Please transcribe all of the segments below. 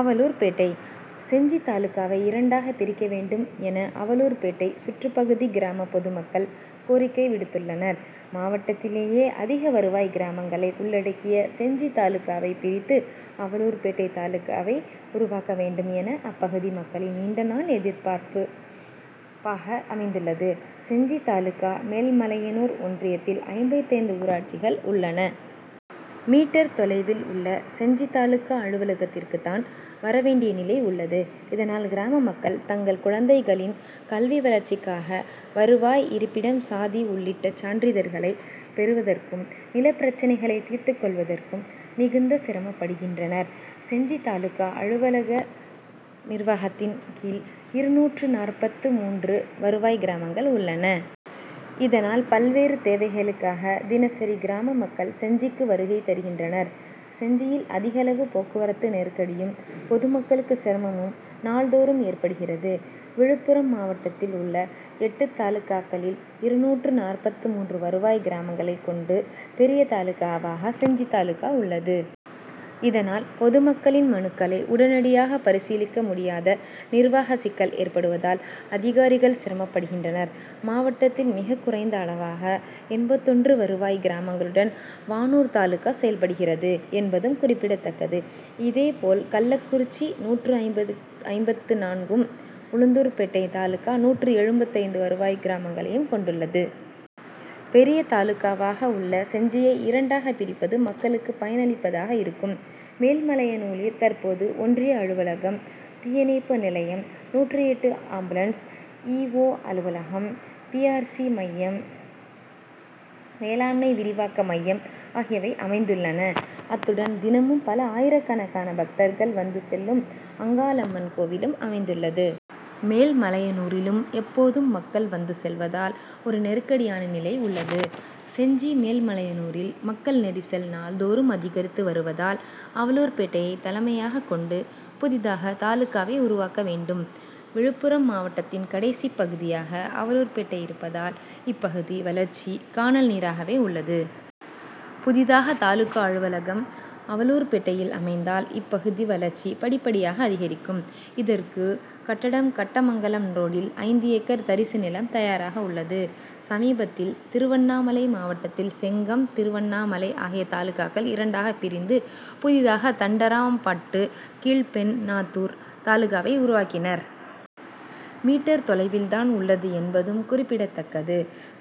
அவலூர்பேட்டை:செஞ்சி தாலுகாவை இரண்டாக பிரிக்க வேண்டும் என அவலூர்பேட்டை சுற்றுப் பகுதி கிராம பொதுமக்கள் கோரிக்கை விடுத்துள்ளனர். மாவட்டத்திலேயே அதிக வருவாய் கிராமங்களை உள்ளடக்கிய செஞ்சி தாலுகாவை பிரித்து அவலூர்பேட்டை தாலுகாவை உருவாக்க வேண்டும் என அப்பகுதி மக்களின் நீண்டநாள் எதிர்ப்பார்ப்பு பாக அமைந்துள்ளது. செஞ்சி தாலுகா மேல்மலையனூர் ஒன்றியத்தில் ஐம்பத்தைந்து ஊராட்சிகள் உள்ளன. மீ., தொலைவில் உள்ள செஞ்சி தாலுகா அலுவலகத்திற்குத்தான் வர வேண்டிய நிலை உள்ளது. இதனால் கிராம மக்கள் தங்கள் குழந்தைகளின் கல்வி வளர்ச் சிக்காக வருவாய், இருப்பிடம், சாதி உள்ளிட்ட சான்றிதழ்களை பெறுவதற்கும், நில பிரச்னைகளை தீர்த்துக் கொள்வதற்கும் மிகுந்த சிரமப்படுகின்றனர். செஞ்சி தாலுகா அலுவலக நிர்வாகத்தின் கீழ் இருநூற்று நாற்பத்து மூன்று வருவாய் கிராமங்கள் உள்ளன. இதனால் பல்வேறு தேவைகளுக்காக தினசரி கிராம மக்கள் செஞ்சிக்கு வருகை தருகின்றனர். செஞ்சியில் அதிகளவு போக்குவரத்து நெருக் கடியும், பொதுமக்களுக்கு சிரமமும் நாள்தோறும் ஏற்படுகிறது. விழுப்புரம் மாவட்டத்தில் உள்ள எட்டு தாலுகாக்களில் இருநூற்று நாற்பத்து மூன்று வருவாய் கிராமங்களை கொண்டு பெரிய தாலுகாவாக செஞ்சி தாலுகா உள்ளது. இதனால் பொதுமக்களின் மனுக்களை உடனடியாக பரிசீலிக்க முடியாத நிர்வாக சிக்கல் ஏற்படுவதால் அதிகாரிகள் சிரமப்படுகின்றனர். மாவட்டத்தில் மிகக்குறைந்த அளவாக எண்பத்தொன்று வருவாய் கிராமங்களுடன் வானூர் தாலுகா செயல்படுகிறது என்பதும் குறிப்பிடத்தக்கது. இதே போல் கள்ளக்குறிச்சி நூற்று ஐம்பது நூற்று ஐம்பத்து நான்கும், உளுந்தூர்பேட்டை தாலுகா நூற்று எழுபத்தைந்து வருவாய் கிராமங்களையும் கொண்டுள்ளது. பெரிய தாலுகாவாக உள்ள செஞ்சியை இரண்டாக பிரிப்பது மக்களுக்கு பயனளிப்பதாக இருக்கும். மேல்மலையனூரில் தற்போது ஒன்றிய அலுவலகம், தீயணைப்பு நிலையம், நூற்று எட்டு ஆம்புலன்ஸ் இ. ஓ., அலுவலகம், பி. ஆர். சி., மையம், வேளாண்மை விரிவாக்க மையம் ஆகியவை அமைந் துள்ளன. அத்துடன் தினமும் பல ஆயிரக்கணக்கான பக்தர்கள் வந்து செல்லும் அங்காளம்மன் கோவிலும் அமைந்துள்ளது. மேல்மலையனூரிலும் எப்போதும் மக்கள் வந்து செல்வதால் ஒரு நெருக்கடியான நிலை உள்ளது. செஞ்சி, மேல்மலையனூரில் மக்கள் நெரிசல் நாள்தோறும் அதிகரித்து வருவதால் அவலூர் பேட்டையை தலைமையாக கொண்டு புதிதாக தாலுகாவை உருவாக்க வேண்டும். விழுப்புரம் மாவட்டத்தின் கடைசிப்பகுதியாக அவலூர்பேட்டை இருப்பதால் இப்பகுதி வளர்ச்சி கானல் நீராகவே உள்ளது. புதிதாக தாலுகா அலுவலகம் அவலூர்பேட்டையில் அமைந்தால் இப்பகுதி வளர்ச்சி படிப்படியாக அதிகரிக்கும். இதற்கு கட்டடம் கட்ட மங்கலம் ரோடில் ஐந்து ஏக்கர் தரிசு நிலம் தயாராக உள்ளது. சமீபத்தில் திருவண்ணாமலை மாவட்டத்தில் செங்கம், திருவண்ணாமலை ஆகிய தாலுகாக்கள் இரண்டாக பிரித்து புதிதாக தண்டராம்பட்டு, கீழ்பெண் ணாத்தூர் தாலுகாவை உருவாக்கினர். மீ., தொலைவில் தான் உள்ளது என்பதும் குறிப்பிடத்தக்கது.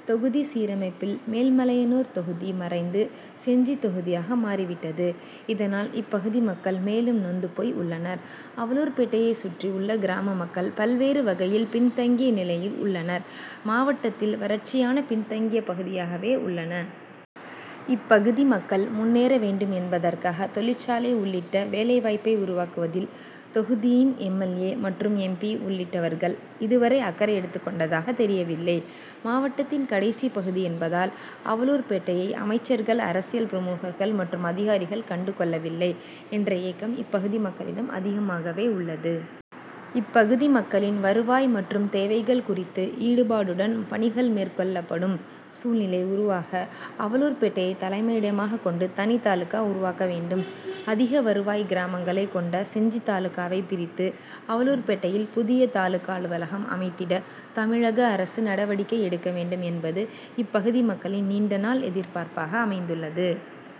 தொகுதி சீரமைப்பில் மேல்மலையனூர் தொகுதி மறைந்து செஞ்சி தொகுதியாக மாறிவிட்டது. இதனால் இப்பகுதி மக்கள் மேலும் நொந்து போய் உள்ளனர். அவலூர்பேட்டையை சுற்றி உள்ள கிராம மக்கள் பல்வேறு வகையில் பின்தங்கிய நிலையில் உள்ளனர். மாவட்டத் தில் வறட்சியான பின்தங்கிய பகுதியாகவே உள்ளன. இப்பகுதி மக்கள் முன்னேற வேண்டும் என் பதற்காக தொழிற்சாலை உள் ளிட்ட வேலை வாய்ப்பை உருவாக்குவதில் தொகுதியின் எம். எல். ஏ., மற்றும் எம். பி., உள்ளிட் டவர்கள் இதுவரை அக்கறை எடுத்துக் கொண்டதாக தெரியவில்லை. மாவட்டத்தின் கடைசி பகுதி என்பதால் அவலூர்பேட் டையை அமைச்சர்கள், அரசியல் பிரமுகர்கள் மற்றும் அதிகாரிகள் கண்டு கொள்ளவில்லை என்ற ஏக்கம் இப்பகுதி மக்களிடம் அதிகமாகவே உள்ளது. இப்பகுதி மக்களின் வருவாய் மற்றும் தேவைகள் குறித்து ஈடுபாடுடன் பணிகள் மேற்கொள் ளப்படும் சூழ்நிலை உருவாக அவலூர்பேட்டையை தலைமையிடமாக கொண்டு தனி தாலுகா உருவாக்க வேண்டும். அதிக வருவாய் கிராமங்களை கொண்ட செஞ்சி தாலுகாவை பிரித்து அவலூர்பேட்டையில் புதிய தாலுகா அலுவலகம் அமைத்திட தமிழக அரசு நடவடிக்கை எடுக்க வேண்டும் என்பது இப்பகுதி மக்களின் நீண்டநாள் எதிர்பார்ப்பாக அமைந்துள்ளது.